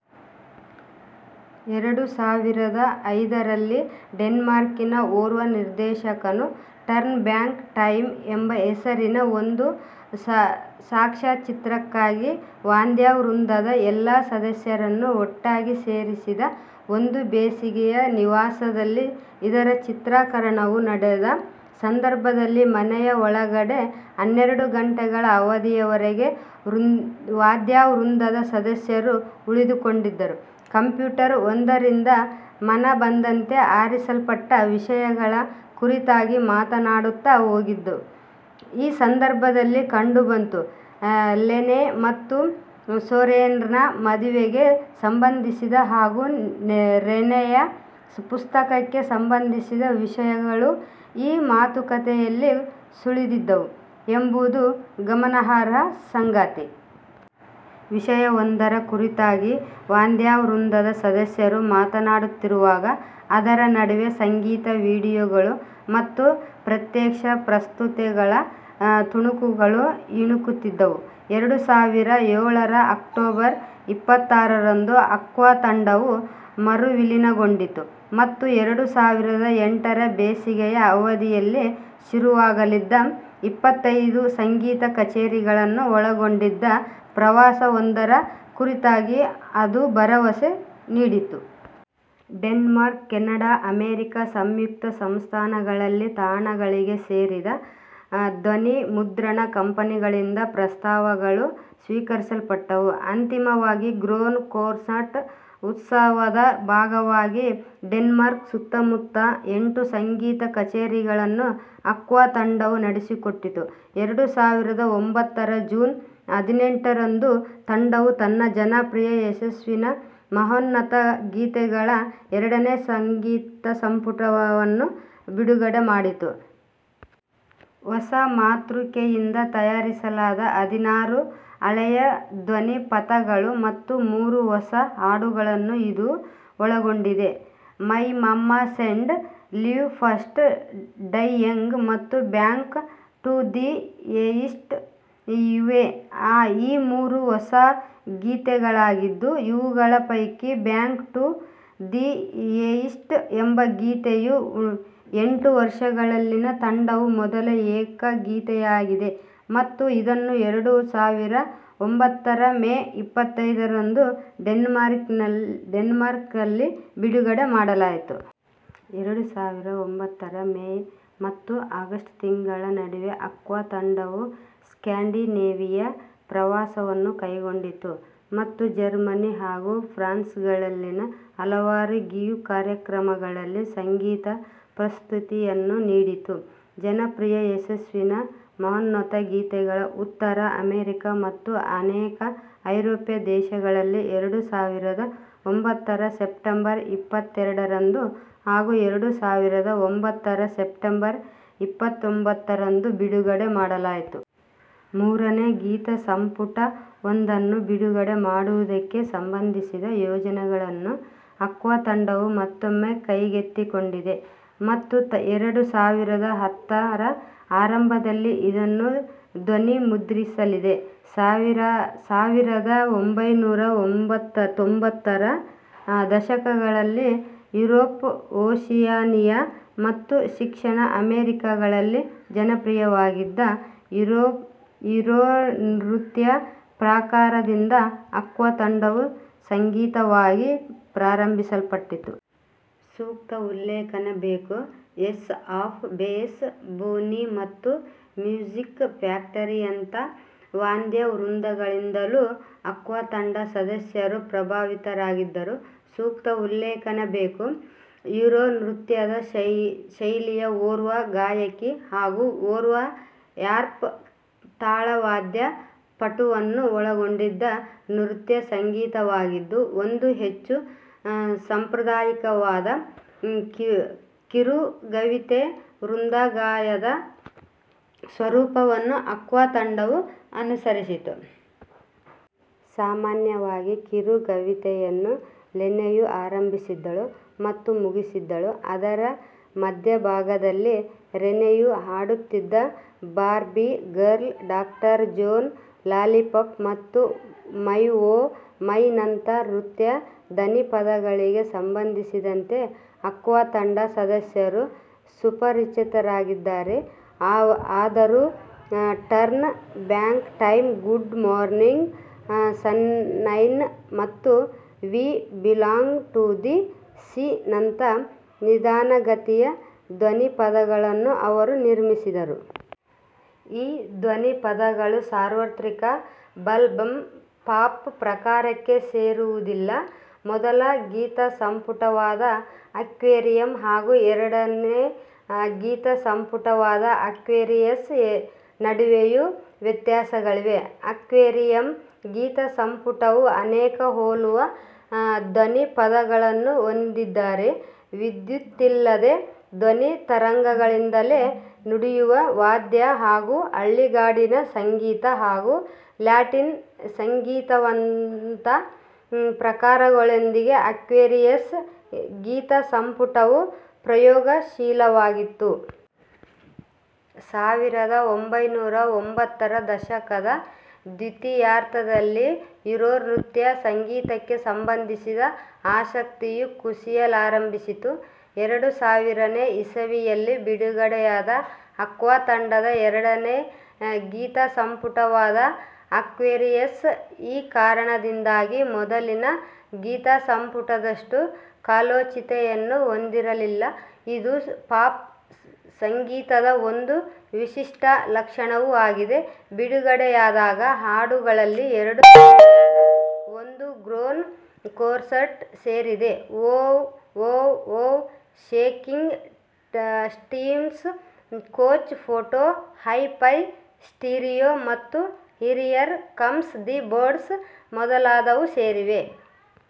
ಎರಡು ಸಾವಿರದ ಐದರಲ್ಲಿ, ಡೆನ್ಮಾರ್ಕಿನ ಓರ್ವ ನಿರ್ದೇಶಕನು, ಟರ್ನ್ ಬ್ಯಾಕ್ ಟೈಮ್ ಎಂಬ ಹೆಸರಿನ ಒಂದು ಸಾಕ್ಷ್ಯಚಿತ್ರಕ್ಕಾಗಿ ವಾದ್ಯವೃಂದದ ಎಲ್ಲ ಸದಸ್ಯರನ್ನೂ ಒಟ್ಟಾಗಿ ಸೇರಿಸಿದ. ಒಂದು ಬೇಸಿಗೆ ನಿವಾಸದಲ್ಲಿ ಇದರ ಚಿತ್ರೀಕರಣವು ನಡೆದ ಸಂದರ್ಭದಲ್ಲಿ, ಮನೆಯ ಒಳಗಡೆ ಹನ್ನೆರಡು ಗಂಟೆಗಳ ಅವಧಿಯವರೆಗೆ ವಾದ್ಯವೃಂದದ ಸದಸ್ಯರು ಉಳಿದುಕೊಂಡಿದ್ದರು; ಕಂಪ್ಯೂಟರ್ ಒಂದರಿಂದ ಮನಬಂದಂತೆ ಆರಿಸಲ್ಪಟ್ಟ ವಿಷಯಗಳ ಕುರಿತಾಗಿ ಮಾತನಾಡುತ್ತಾ ಹೋಗಿದ್ದು ಈ ಸಂದರ್ಭದಲ್ಲಿ ಕಂಡುಬಂತು; ಲೆನೆ ಮತ್ತು ಸೋರೆನ್ರ ಮದುವೆಗೆ ಸಂಬಂಧಿಸಿದ ಹಾಗೂ ರೆನೆಯ ಪುಸ್ತಕಕ್ಕೆ ಸಂಬಂಧಿಸಿದ ವಿಷಯಗಳೂ ಈ ಮಾತುಕತೆಯಲ್ಲಿ ಸುಳಿದಿದ್ದವು ಎಂಬುದು ಗಮನಾರ್ಹ ಸಂಗತಿ. ವಿಷಯವೊಂದರ ಕುರಿತಾಗಿ ವಾದ್ಯವೃಂದದ ಸದಸ್ಯರು ಮಾತನಾಡುತ್ತಿರುವಾಗ, ಅದರ ನಡುವೆ ಸಂಗೀತ ವಿಡಿಯೋಗಳು ಮತ್ತು ಪ್ರತ್ಯಕ್ಷ ಪ್ರಸ್ತುತಿಗಳ ತುಣುಕುಗಳು ಇಣುಕುತ್ತಿದ್ದವು. ಎರಡು ಸಾವಿರದ ಏಳರ ಅಕ್ಟೋಬರ್ ಇಪ್ಪತ್ತಾರರಂದು, ಆಕ್ವಾ ತಂಡವು ಮರುವಿಲೀನಗೊಂಡಿತು ಮತ್ತು ಎರಡು ಸಾವಿರದ ಎಂಟರ ಬೇಸಿಗೆಯ ಅವಧಿಯಲ್ಲಿ ಶುರುವಾಗಲಿದ್ದ, ಇಪ್ಪತ್ತೈದು-ಸಂಗೀತ ಕಚೇರಿಗಳನ್ನು ಒಳಗೊಂಡಿದ್ದ ಪ್ರವಾಸವೊಂದರ ಕುರಿತಾಗಿ ಅದು ಭರವಸೆ ನೀಡಿತು. ಡೆನ್ಮಾರ್ಕ್, ಕೆನಡಾ, ಅಮೆರಿಕಾ ಸಂಯುಕ್ತ ಸಂಸ್ಥಾನಗಳಲ್ಲಿನ ತಾಣಗಳಿಗೆ ಸೇರಿದ ಧ್ವನಿಮುದ್ರಣ ಕಂಪನಿಗಳಿಂದ ಪ್ರಸ್ತಾವಗಳು ಸ್ವೀಕರಿಸಲ್ಪಟ್ಟವು. ಅಂತಿಮವಾಗಿ, "ಗ್ರೋನ್ ಕೊನ್ಸರ್ಟ್" ಉತ್ಸವದ ಭಾಗವಾಗಿ ಡೆನ್ಮಾರ್ಕ್ನ ಸುತ್ತಮುತ್ತ ಎಂಟು ಸಂಗೀತ ಕಚೇರಿಗಳನ್ನು ಆಕ್ವಾ ತಂಡವು ನಡೆಸಿಕೊಟ್ಟಿತು. ಎರಡು ಸಾವಿರದ ಒಂಭತ್ತರ ಜೂನ್ ಹದಿನೈದರಂದು, ತಂಡವು ತನ್ನ ಜನಪ್ರಿಯ ಯಶಸ್ಸಿನ ಮಹೋನ್ನತ ಗೀತೆಗಳ ಎರಡನೇ ಗೀತಸಂಪುಟವನ್ನು ಬಿಡುಗಡೆಮಾಡಿತು. ಹೊಸಮಾತೃಕೆಯಿಂದ ತಯಾರಿಸಲಾದ ಹದಿನಾರು ಹಳೆಯ ಧ್ವನಿಪಥಗಳು ಮತ್ತು ಮೂರು ಹೊಸ ಹಾಡುಗಳನ್ನು ಇದು ಒಳಗೊಂಡಿದೆ. "My mamma said", "live fast, die young" ಮತ್ತು "ಬ್ಯಾಕ್ ಟು ದಿ ಏಯ್ಟೀಸ್ ಇವೇ ಆ ಮೂರು ಹೊಸ ಗೀತೆಗಳಾಗಿದ್ದು, ಇವುಗಳ ಪೈಕಿ ಬ್ಯಾಕ್ ಟು ದಿ ಏಯ್ಟೀಸ್ ಎಂಬ ಗೀತೆಯು ಎಂಟು ವರ್ಷಗಳಲ್ಲಿನ ತಂಡದ ಮೊದಲ ಏಕಗೀತೆಯಾಗಿದೆ ಮತ್ತು ಇದನ್ನು ಎರಡು ಸಾವಿರದ ಒಂಭತ್ತರ ಮೇ ಇಪ್ಪತ್ತೈದರಂದು ಡೆನ್ಮಾರ್ಕ್ನಲ್ಲಿ ಬಿಡುಗಡೆ ಮಾಡಲಾಯಿತು. ಎರಡು ಸಾವಿರದ ಒಂಭತ್ತರ ಮೇ ಮತ್ತು ಆಗಸ್ಟ್ ತಿಂಗಳುಗಳ ನಡುವೆ ಆಕ್ವಾ ತಂಡವು ಸ್ಕ್ಯಾಂಡಿನೇವಿಯಾ ಪ್ರವಾಸವನ್ನೂ ಕೈಗೊಂಡಿತು ಮತ್ತು ಜರ್ಮನಿ, ಹಾಗೂ ಫ್ರಾನ್ಸ್ಗಳಲ್ಲಿನ ಹಲವಾರು ಗಿಗ್ ಕಾರ್ಯಕ್ರಮಗಳಲ್ಲಿ ಸಂಗೀತ-ಪ್ರಸ್ತುತಿಯನ್ನು ನೀಡಿತು. ಜನಪ್ರಿಯ ಯಶಸ್ಸಿನ ಮಹೋನ್ನತ ಗೀತೆಗಳ ಉತ್ತರ ಅಮೆರಿಕಾ ಮತ್ತು ಅನೇಕ ಐರೋಪ್ಯ ದೇಶಗಳಲ್ಲಿ ಎರಡು ಸಾವಿರದ ಒಂಭತ್ತರ ಸೆಪ್ಟೆಂಬರ್ ಇಪ್ಪತ್ತೆರಡರಂದು ಹಾಗೂ ಎರಡು ಸಾವಿರದ ಒಂಭತ್ತರ ಸೆಪ್ಟೆಂಬರ್ ಇಪ್ಪತ್ತೊಂಬತ್ತರಂದು ಬಿಡುಗಡೆ ಮಾಡಲಾಯಿತು. ಮೂರನೇ ಗೀತಸಂಪುಟವೊಂದನ್ನು ಬಿಡುಗಡೆ ಮಾಡುವುದಕ್ಕೆ ಸಂಬಂಧಿಸಿದ ಯೋಜನೆಗಳನ್ನು ಆಕ್ವಾ ತಂಡವು ಮತ್ತೊಮ್ಮೆ ಕೈಗೆತ್ತಿಕೊಂಡಿದೆ ಮತ್ತು ಎರಡು ಸಾವಿರದ ಹತ್ತರ ಆರಂಭದಲ್ಲಿ ಅದನ್ನು ಧ್ವನಿಮುದ್ರಿಸಲಿದೆ. ಸಾವಿರದ ಒಂಭೈನೂರ ತ್ತೊಂಬತ್ತರ ದಶಕದಲ್ಲಿ ಯುರೋಪ್, ಓಷಿಯಾನಿಯಾ ಮತ್ತು ದಕ್ಷಿಣ ಅಮೆರಿಕಾಗಳಲ್ಲಿ ಜನಪ್ರಿಯವಾಗಿದ್ದ ಯುರೋನೃತ್ಯ ಪ್ರಕಾರದಿಂದ ಆಕ್ವಾ ತಂಡವು ಸಾಂಗೀತಕವಾಗಿ ಪ್ರಭಾವಿಸಲ್ಪಟ್ಟಿತ್ತು. ಸೂಕ್ತ ಉಲ್ಲೇಖನ ಬೇಕು, ಏಸ್ ಆಫ್ ಬೇಸ್, ಬೋನಿ. ಮತ್ತು ಮ್ಯೂಸಿಕ್ ಫ್ಯಾಕ್ಟರಿಯಂಥ ವಾದ್ಯವೃಂದಗಳಿಂದಲೂ ಆಕ್ವಾ ತಂಡದ ಸದಸ್ಯರು ಪ್ರಭಾವಿತರಾಗಿದ್ದರು. ಸೂಕ್ತ ಉಲ್ಲೇಖನ ಬೇಕು ಯುರೋನೃತ್ಯದ ಶೈಲಿಯು, ಓರ್ವ ಗಾಯಕಿ ಹಾಗೂ ಓರ್ವ ರ್ಯಾಪ್ ತಾಳವಾದ್ಯ ಪಟುವನ್ನು ಒಳಗೊಂಡಿದ್ದ ನೃತ್ಯ ಸಂಗೀತವಾಗಿತ್ತು. ಒಂದು ಹೆಚ್ಚು ಸಾಂಪ್ರದಾಯಿಕವಾದ ಕಿರುಗವಿತೆ-ವೃಂದಗಾನದ ಸ್ವರೂಪವನ್ನು ಆಕ್ವಾ ತಂಡವು ಅನುಸರಿಸಿತು. ಸಾಮಾನ್ಯವಾಗಿ, ಕಿರುಗವಿತೆಯನ್ನು ಲೆನೆಯು ಆರಂಭಿಸುತ್ತಿದ್ದಳು ಮತ್ತು ಮುಗಿಸುತ್ತಿದ್ದಳು. ಅದರ ಮಧ್ಯಭಾಗದಲ್ಲಿ ರೆನೆಯು ಹಾಡುತ್ತಿದ್ದ. "Barbie girl", "doctor Jones", "lollipop " ಮತ್ತು "ಮೈ ಓಹ್ ಮೈ"ನಂಥ ನೃತ್ಯ ಧ್ವನಿಪಥಗಳಿಗೆ ಸಂಬಂಧಿಸಿದಂತೆ ಆಕ್ವಾ ತಂಡದ ಸದಸ್ಯರು ಸುಪರಿಚಿತರಾಗಿದ್ದಾರೆ. ಆದರೂ, "turn back time", "good morning sunshine" ಮತ್ತು "ವಿ ಬಿಲಾಂಗ್ ಟು ದಿ ಸೀ"ನಂಥ ನಿಧಾನಗತಿಯ ಧ್ವನಿಪಥಗಳನ್ನೂ ಅವರು ನಿರ್ಮಿಸಿದರು. ಈ ಧ್ವನಿಪಥಗಳು ಸಾರ್ವತ್ರಿಕ ಬಬಲ್ಗಮ್ ಪಾಪ್ ಪ್ರಕಾರಕ್ಕೆ ಸೇರುವುದಿಲ್ಲ. ಮೊದಲ ಗೀತಸಂಪುಟವಾದ ಆಕ್ವೇರಿಯಂ ಹಾಗೂ ಎರಡನೇ ಗೀತಸಂಪುಟವಾದ ಆಕ್ವೇರಿಯಸ್ ನಡುವೆಯೂ ವ್ಯತ್ಯಾಸಗಳಿವೆ. ಆಕ್ವೇರಿಯಂ ಗೀತಸಂಪುಟವು ಅನೇಕ ಹೋಲುವ ಧ್ವನಿಪಥಗಳನ್ನು ಹೊಂದಿದ್ದರೆ, ವಿದ್ಯುತ್ತಿಲ್ಲದೆ ಧ್ವನಿತರಂಗಗಳಿಂದಲೇ ನುಡಿಯುವ ವಾದ್ಯಗಳು ಹಾಗೂ ಹಳ್ಳಿಗಾಡಿನ ಸಂಗೀತ ಹಾಗೂ ಲ್ಯಾಟಿನ್ ಸಂಗೀತದಂಥ ಪ್ರಕಾರಗಳೊಂದಿಗೆ ಆಕ್ವೇರಿಯಸ್ ಗೀತಸಂಪುಟವು ಪ್ರಯೋಗಶೀಲವಾಗಿತ್ತು. ಸಾವಿರದ ಒಂಭೈನೂರ ತೊಂಬತ್ತರ ದಶಕದ ದ್ವಿತೀಯಾರ್ಧದಲ್ಲಿ, ಯುರೋನೃತ್ಯ ಸಂಗೀತಕ್ಕೆ ಸಂಬಂಧಿಸಿದ ಆಸಕ್ತಿಯು ಕುಸಿಯಲಾರಂಭಿಸಿತು. ಎರಡು ಸಾವಿರನೇ ಇಸವಿಯಲ್ಲಿ ಬಿಡುಗಡೆಯಾದ ಆಕ್ವಾ ತಂಡದ ಎರಡನೇ ಗೀತಸಂಪುಟವಾದ ಆಕ್ವೇರಿಯಸ್, ಈ ಕಾರಣದಿಂದಾಗಿ ಮೊದಲಿನ ಗೀತಸಂಪುಟದಷ್ಟು ಕಾಲೋಚಿತತೆಯನ್ನು ಹೊಂದಿರಲಿಲ್ಲ. ಇದು ಪಾಪ್ ಸಂಗೀತದ ಒಂದು ವಿಶಿಷ್ಟ ಲಕ್ಷಣವೂ ಆಗಿದೆ. ಬಿಡುಗಡೆಯಾಗದ ಹಾಡುಗಳಲ್ಲಿ ಎರಡು ಸಾವಿರದ ಒಂದರ ಗ್ರೋನ್ ಕೊನ್ಸರ್ಟ್ಗೆ ಸೇರಿದ "wow, wow, wow", "Shaking Stevens ", "couch potato", "hi fi stereo", ಮತ್ತು "ಹಿಯರ್ ಕಮ್ಸ್ ದಿ ಬರ್ಡ್ಸ್" ಮೊದಲಾದವು ಸೇರಿವೆ.